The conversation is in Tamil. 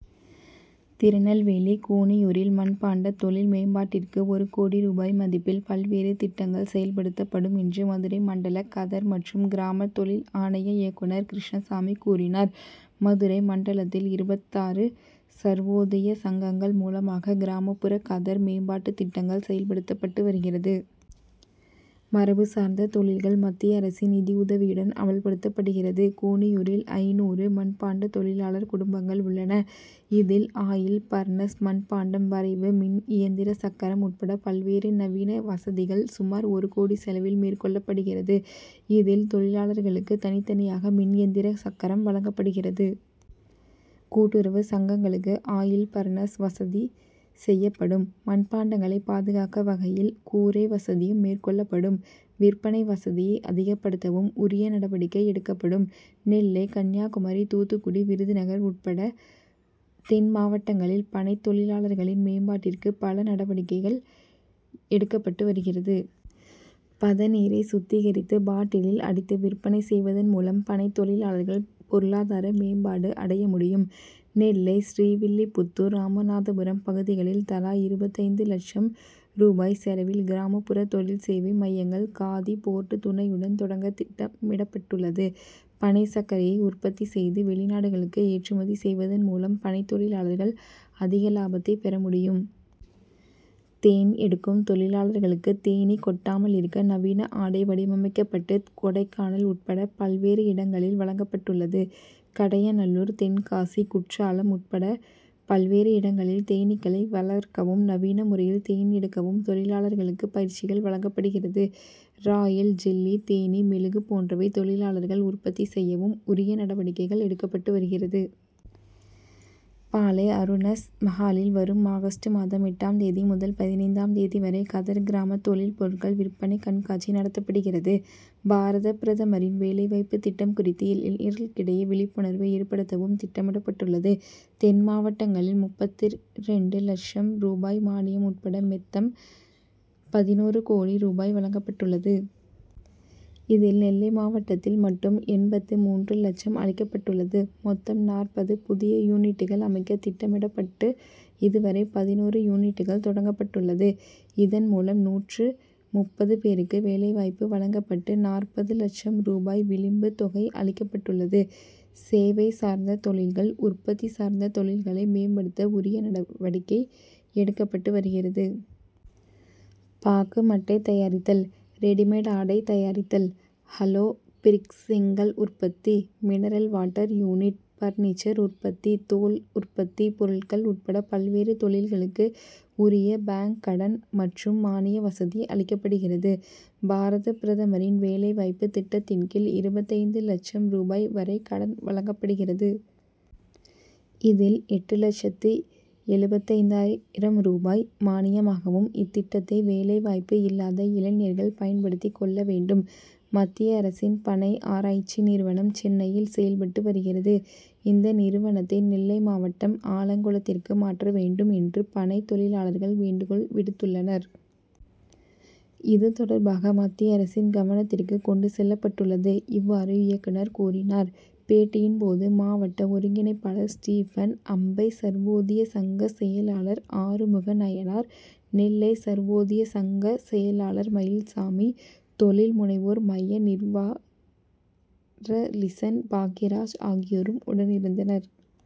திருநெல்வேலி கூனியூரில் மண்பாண்ட தொழில் மேம்பாட்டிற்கு ஒரு கோடி ரூபாய் மதிப்பில் பல்வேறு திட்டங்கள் செயல்படுத்தப்படும் என்று மதுரை மண்டல கதர் மற்றும் கிராம தொழில் ஆணைய இயக்குனர் கிருஷ்ணசாமி கூறினார். மதுரை மண்டலத்தில் இருபத்தாறு சர்வோதய சங்கங்கள் மூலமாக கிராமப்புற கதர் மேம்பாட்டு திட்டங்கள் செயல்படுத்தப்பட்டு வருகிறது. மரபு சார்ந்த தொழில்கள் மத்திய அரசின் நிதி உதவியுடன் அமல்படுத்தப்படுகிறது. கூனியூரில் ஐந்நூறு மண்பாண்ட தொழிலாளர் குடும்பங்கள் உள்ளன. இதில் ஆயில் பர்னஸ், மண்பாண்டம் வரைவு மின் இயந்திர சக்கரம் உட்பட பல்வேறு நவீன வசதிகள் சுமார் ஒரு கோடி செலவில் மேற்கொள்ளப்படுகிறது. இதில் தொழிலாளர்களுக்கு தனித்தனியாக மின் எந்திர சக்கரம் வழங்கப்படுகிறது. கூட்டுறவு சங்கங்களுக்கு ஆயில் பர்னஸ் வசதி செய்யப்படும். மண் பாண்டங்களை பாதுகாக்க வகையில் கூரை வசதியும் மேற்கொள்ளப்படும். விற்பனை வசதியை அதிகப்படுத்தவும் உரிய நடவடிக்கை எடுக்கப்படும். நெல்லை, கன்னியாகுமரி, தூத்துக்குடி, விருதுநகர் உட்பட தென் மாவட்டங்களில் பனைத் தொழிலாளர்களின் மேம்பாட்டிற்கு பல நடவடிக்கைகள் எடுக்கப்பட்டு வருகிறது. பதனீரை சுத்திகரித்து பாட்டிலில் அடைத்து விற்பனை செய்வதின் மூலம் பனைத் தொழிலாளர்கள் பொருளாதார மேம்பாடு அடைய முடியும். நெல்லை, ஸ்ரீவில்லிபுத்தூர், ராமநாதபுரம் பகுதிகளில் தலா இருபத்தைந்து லட்சம் ரூபாய் செலவில் கிராமப்புற தொழில் சேவை மைங்கள் காதி போர்டு துணையுடன் தொடங்க திட்டமிடப்பட்டுள்ளது. பனை சர்க்கரையை உற்பத்தி செய்து வெளிநாடுகளுக்கு ஏற்றுமதி செய்வதின் மூலம் பனைத் தொழிலாளர்கள் அதிக லாபத்தை பெற முடியும். தேன் எடுக்கும் தொழிலாளர்களுக்கு தேனீ கொட்டாமல் இருக்க நவீன ஆடை வடிவமைக்கப்பட்டு கொடைக்கானல் உட்பட பல்வேறு இடங்களில் வழங்கப்பட்டுள்ளது. கடையநல்லூர், தென்காசி, குற்றாலம் உட்பட பல்வேறு இடங்களில் தேனீக்களை வளர்க்கவும், நவீன முறையில் தேன் எடுக்கவும் தொழிலாளர்களுக்கு பயிற்சிகள் வழங்கப்படுகிறது. ராயல் ஜெல்லி, தேனீ மெழுகு போன்றவற்றை தொழிலாளர்கள் உற்பத்தி செய்யவும் உரிய நடவடிக்கைகள் எடுக்கப்பட்டு வருகிறது. பாளை அருணஸ் மகாலில் வரும் ஆகஸ்ட் மாதம் எட்டாம் தேதி முதல் பதினைந்தாம் தேதி வரை கதர் கிராம தொழில் பொருட்கள் விற்பனை கண்காட்சி நடத்தப்படுகிறது. பாரத பிரதமரின் வேலைவாய்ப்பு திட்டம் குறித்து இளைஞர்களிடையே விழிப்புணர்வு ஏற்படுத்தவும் திட்டமிடப்பட்டுள்ளது. தென் மாவட்டங்களில் முப்பத்திரண்டு லட்சம் ரூபாய் மானியம் உட்பட மெத்தம் பதினொரு கோடி ரூபாய் வழங்கப்பட்டுள்ளது. இதில் நெல்லை மாவட்டத்தில் மட்டும் எண்பத்து மூன்று லட்சம் அளிக்கப்பட்டுள்ளது. மொத்தம் நாற்பது புதிய யூனிட்கள் அமைக்க திட்டமிடப்பட்டு இதுவரை பதினாறு யூனிட்கள் தொடங்கப்பட்டுள்ளது. இதன் மூலம் நூற்று முப்பது பேருக்கு வேலைவாய்ப்பு வழங்கப்பட்டு நாற்பது லட்சம் ரூபாய் விளிம்பு தொகை அளிக்கப்பட்டுள்ளது. சேவை சார்ந்த தொழில்கள், உற்பத்தி சார்ந்த தொழில்களை மேம்படுத்த உரிய நடவடிக்கை எடுக்கப்பட்டு வருகிறது. பாக்கு மட்டை தயாரித்தல், ரெடிமேட் ஆடை தயாரித்தல், ஹாலோ பிரிக்ஸ் செங்கல் உற்பத்தி, மினரல் வாட்டர் யூனிட், பர்னிச்சர் உற்பத்தி, தோல் உற்பத்தி பொருட்கள் உட்பட பல்வேறு தொழில்களுக்கு உரிய பாங்க் கடன் மற்றும் மானிய வசதி அளிக்கப்படுகிறது. பாரத பிரதமரின் வேலைவாய்ப்பு திட்டத்தின் கீழ் இருபத்தைந்து லட்சம் ரூபாய் வரை கடன் வழங்கப்படுகிறது. இதில் எட்டு லட்சத்து எழுபத்தைந்தாயிரம் ரூபாய் மானியமாகும். இத்திட்டத்தை வேலைவாய்ப்பு இல்லாத இளைஞர்கள் பயன்படுத்தி கொள்ள வேண்டும். மத்திய அரசின் பனை ஆராய்ச்சி நிறுவனம் சென்னையில் செயல்பட்டு வருகிறது. இந்த நிறுவத்தை நெல்லை மாவட்டம் ஆலங்குளத்திற்கு மாற்ற வேண்டும் என்று பனைத் தொழிலாளர்கள் வேண்டுகோள் விடுத்துள்ளனர். இதுதொடர்பாக மத்திய அரசின் கவனத்திற்கு கொண்டு செல்லப்பட்டுள்ளது. இவ்வாறு இயக்குனர் கூறினார். பேட்டியின் போது மாவட்ட ஒருங்கிணைப்பாளர் ஸ்டீபன், அம்பை சர்வோதய சங்க செயலாளர் ஆறுமுக நயினார். நெல்லை சர்வோதய சங்க செயலாளர் மயில்சாமி, தொழில் முனைவோர் மைய நிர்வா ராலிசன் பாக்கியராஜ் ஆகியோரும் உடனிருந்தனர்.